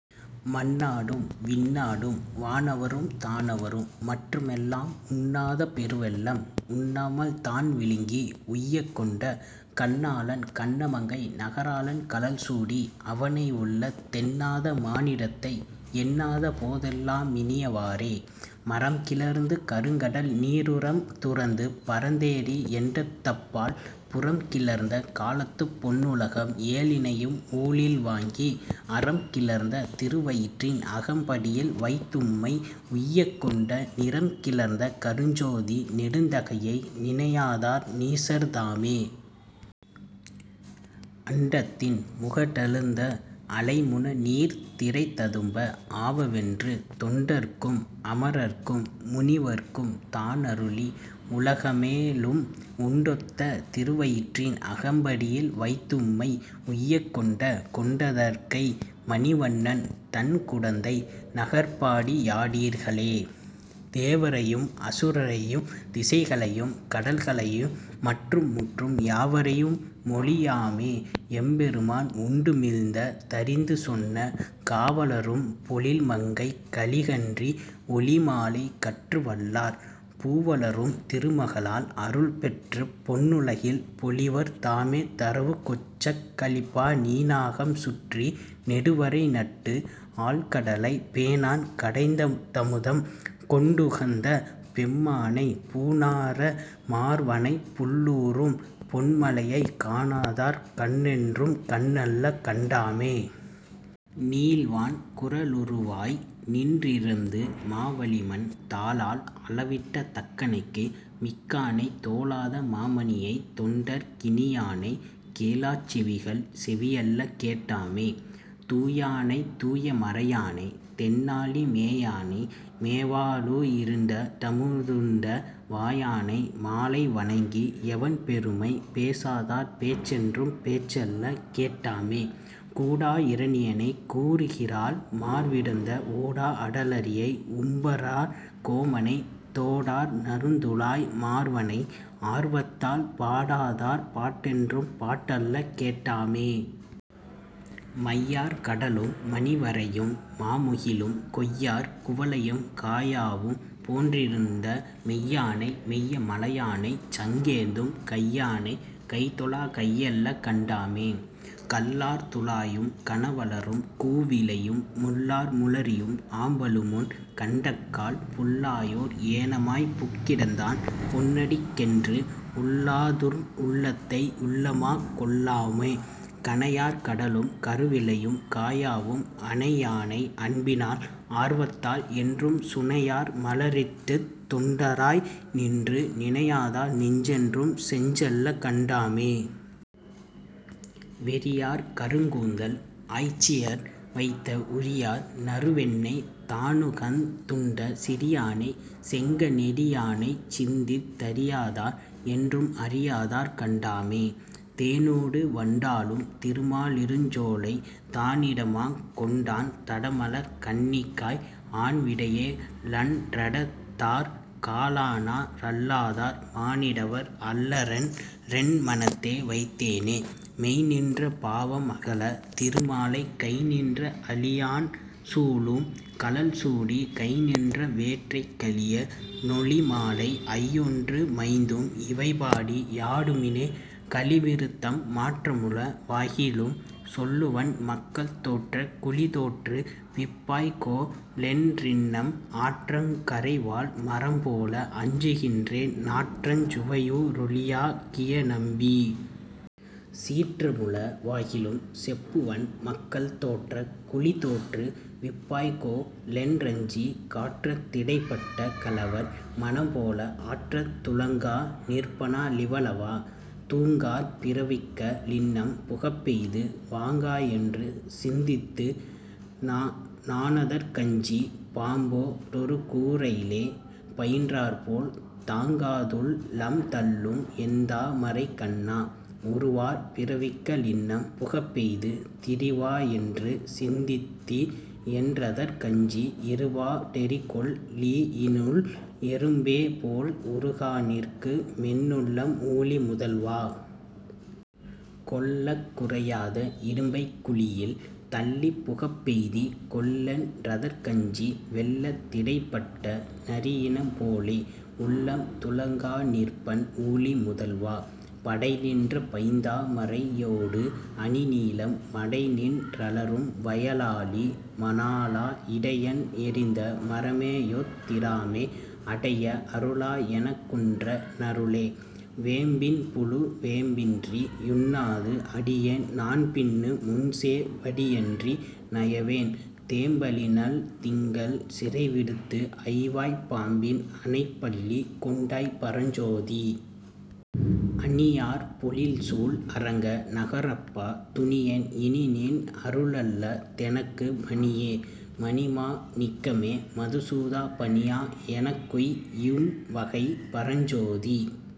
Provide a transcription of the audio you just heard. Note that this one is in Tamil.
மண்ணாடும் விண்ணாடும் வானவரும் தானவரும் மற்றுமெல்லாம் உண்ணாத பெருவெள்ளம் உண்ணாமல் தான்விழுங்கி யுய்யக்கொண்ட, கண்ணாளன் கண்ணமங்கை நகராளன் கழல்சூடி, அவனையுள்ளத் தெண்ணாத மானிடத்தை யெண்ணாத போதெல்லா மினியவாறே. மறம்கிளர்ந்து கருங்கடல்நீ ருரம்துரந்து பரந்தேறி யண்டத்தப்பால், புறம்கிளர்ந்த காலத்துப் பொன்னுலகம் ஏழினையும் ஊழில்வாங்கி, அறம்கிளர்ந்த திருவயிற்றின் அகம்படியில் வைத்தும்மை யுய்யக்கொண்ட, நிறம்கிளர்ந்த கருஞ்சோதி நெடுந்தகையை நினையாதார் நீசர்தாமே.. அண்டத்தின் முகடழுந்த அலைமுநநீர்த் திரைததும்ப ஆவவென்று, தொண்டர்க்கும் அமரர்க்கும் முனிவர்க்கும் தானருளி, உலகமேழும் உண்டொத்த திருவயிற்றின் அகம்படியில் வைத்தும்மை யுய்யக்கொண்ட, கொண்டற்கை மணிவண்ணன் தண்குடந்தை நகர்ப்பாடி யாடீர்களே. தேவரையும் அசுரரையும் திசைகளையும் கடல்களையும் மற்றும் முற்றும், யாவரையு மொழியாமே யெம்பெருமான் உண்டுமிழ்ந்த தறிந்துசொன்ன, காவளரும் பொழில்மங்கைக் கலிகன்றி ஒலிமாலை கற்று வல்லார், பூவளரும் திருமகளால் அருள்பெற்றுப் பொன்னுலகில் பொலிவர் தாமே தரவு கொச்சக் கலிப்பா நீணாகம் சுற்றி நெடுவரைநட்டு, ஆழ்கடலைப் பேணான் கடைந்தமுதம் கொண்டுகந்த பெம்மானை, பூணார மார்வனைப் புள்ளூரும் பொன்மலையை, காணாதார் கண்ணென்றும் கண்ணல்ல கண்டாமே. நீள்வான் குறளுருவாய் நின்றிரந்து மாவலிமண், தாளால் அளவிட்ட தக்கணைக்கு மிக்கானை, தோளாத மாமணியைத் தொண்டர்க் கினியானை, கேளாச் செவிகள் செவியல்ல கேட்டாமே. தூயானைத் தூய மறையானை, தென்னாலி மேயானை மேவா ளுயிருண் டமுதுண்ட வாயானை, மாலை வணங்கி யவன்பெருமை, பேசாதார் பேச்சென்றும் பேச்சல்ல கேட்டாமே. கூடா இரணியனைக் கூருகிரால் மார்விடந்த, ஓடா அடலரியை உம்பரார் கோமனை, தோடார் நறுந்துழாய் மார்வனை, ஆர்வத்தால் பாடாதார் பாட்டென்றும் பாட்டல்ல கேட்டாமே. மையார் கடலும் மணிவரையும் மாமுகிலும், கொய்யார் குவளையும் காயாவும் போன்றிருண்ட மெய்யானை, மெய்ய மலையானைச் சங்கேந்தும் கையானை, கைதொழா கையல்ல கண்டாமே. கள்ளார் துழாயும் கணவலரும் கூவிளையும், முள்ளார் முளரியும் ஆம்பலுமுன் கண்டக்கால், புள்ளாயோர் ஏனமாய்ப் புக்கிடந்தான் பொன்னடிக்கென்று, உள்ளாதா ருள்ளத்தை யுள்ளமாக் கொள்ளோமே. கனையார் கடலும் கருவிளையும் காயாவும் அனையானை, அன்பினால் ஆர்வத்தால், என்றும் சுனையார் மலரிட்டுத் தொண்டராய் நின்று, நினையாதார் நெஞ்சென்றும் செஞ்சல்ல கண்டாமே. வெறியார் கருங்கூந்தல் ஆய்ச்சியர் வைத்த உறியார் நறுவெண்ணெய் தானுகந் துண்ட சிறியானை, செங்க ணெடியானைச் சிந்தித் தறியாதார், என்றும் அறியாதார் கண்டாமே. தேனோடு வண்டாலும் திருமா லிருஞ்சோலை, தானிடமாக் கொண்டான் தடமலர்க் கண்ணிக்காய், ஆன்விடையே ழன்றடர்த்தாற் காளானா ரல்லாதார், மானிடவர் அல்லரென் றென்மனத்தே வைத்தேனே. மெய்ந்நின்ற பாவம் அகல, திருமாலைக் கைந்நின்ற ஆழியான் சூழும் கழல்சூடி, கைந்நின்ற வேற்கைக் கலிய னொலிமாலை, ஐயொன்று மைந்தும் இவைபாடி யாடுமினே கலிவிருத்தம் மாற்றமுள வாகிலும் சொல்லுவன், மக்கள் தோற்றக் குழிதோற்று விப்பாய்கொ லென்றின்னம், ஆற்றங் கரைவாழ் மரம்போல அஞ்சுகின்றேன், நாற்றஞ் சுவையூ றொலியா கியநம்பீ.. சீற்றமுள வாகிலும் செப்புவன், மக்கள் தோற்றக் குழிதோற்று விப்பாய்கொ லென்றஞ்சி, காற்றத் திடைப்பட்ட கலவர் மனம்போல, ஆற்றத் துளங்கா நிற்பனா ழிவலவா.. தூங்கார் பிறவிக்க ளின்னம் புகப்பெய்து, வாங்காயென்று சிந்தித்து நானதற் கஞ்சி, பாம்போ டொருகூ ரையிலே பயின்றாற்போல், தாங்காதுள் ளம்தள்ளும் என்தா மரைக்கண்ணா.. உருவார் பிறவிக்க ளின்னம் புகப்பெய்து, திரிவாயென்று சிந்தித்தி யென்றதற் கஞ்சி, இருபா டெரிகொள் ளியினுள் எறும்பேபோல், உருகாநிற்கு மென்னுள்ளம் ஊழி முதல்வா.. கொள்ளக் குறையாத இடும்பைக் குழியில், தள்ளி புகப்பெய்தி கொல்லென் றதற்கஞ்சி, வெள்ளத் திடைப்பட்ட நரியினம் போலே, உள்ளம் துளங்காநிற்பன் ஊழி முதல்வா.. படைநின்ற பைந்தா மரையோடு அணிநீலம் மடைநின் றலரும் வயலாலி மணாளா, இடையன் எறிந்த மரமேயொத் திராமே, அடைய அருளா யெனக்குன்ற னருளே. வேம்பின்புழு வேம்பின்றி யுண்ணாது, அடியேன் நான்பின்னு முன்சே வடியன்றி நயவேன், தேம்பலிளந் திங்கள் சிறைவிடுத்து, ஐவாய்ப் பாம்பின் அணைப்பள்ளி கொண்டாய் பரஞ்சோதீ.. அணியார் பொழில்சூழ் அரங்க நகரப்பா, துணியேன் இனிநின் அருளல்ல தெனக்கு, மணியே. மணிமா ணிக்கமே. மதுசூதா, பணியா யெனக்குய் யும்வகை, பரஞ்சோதீ.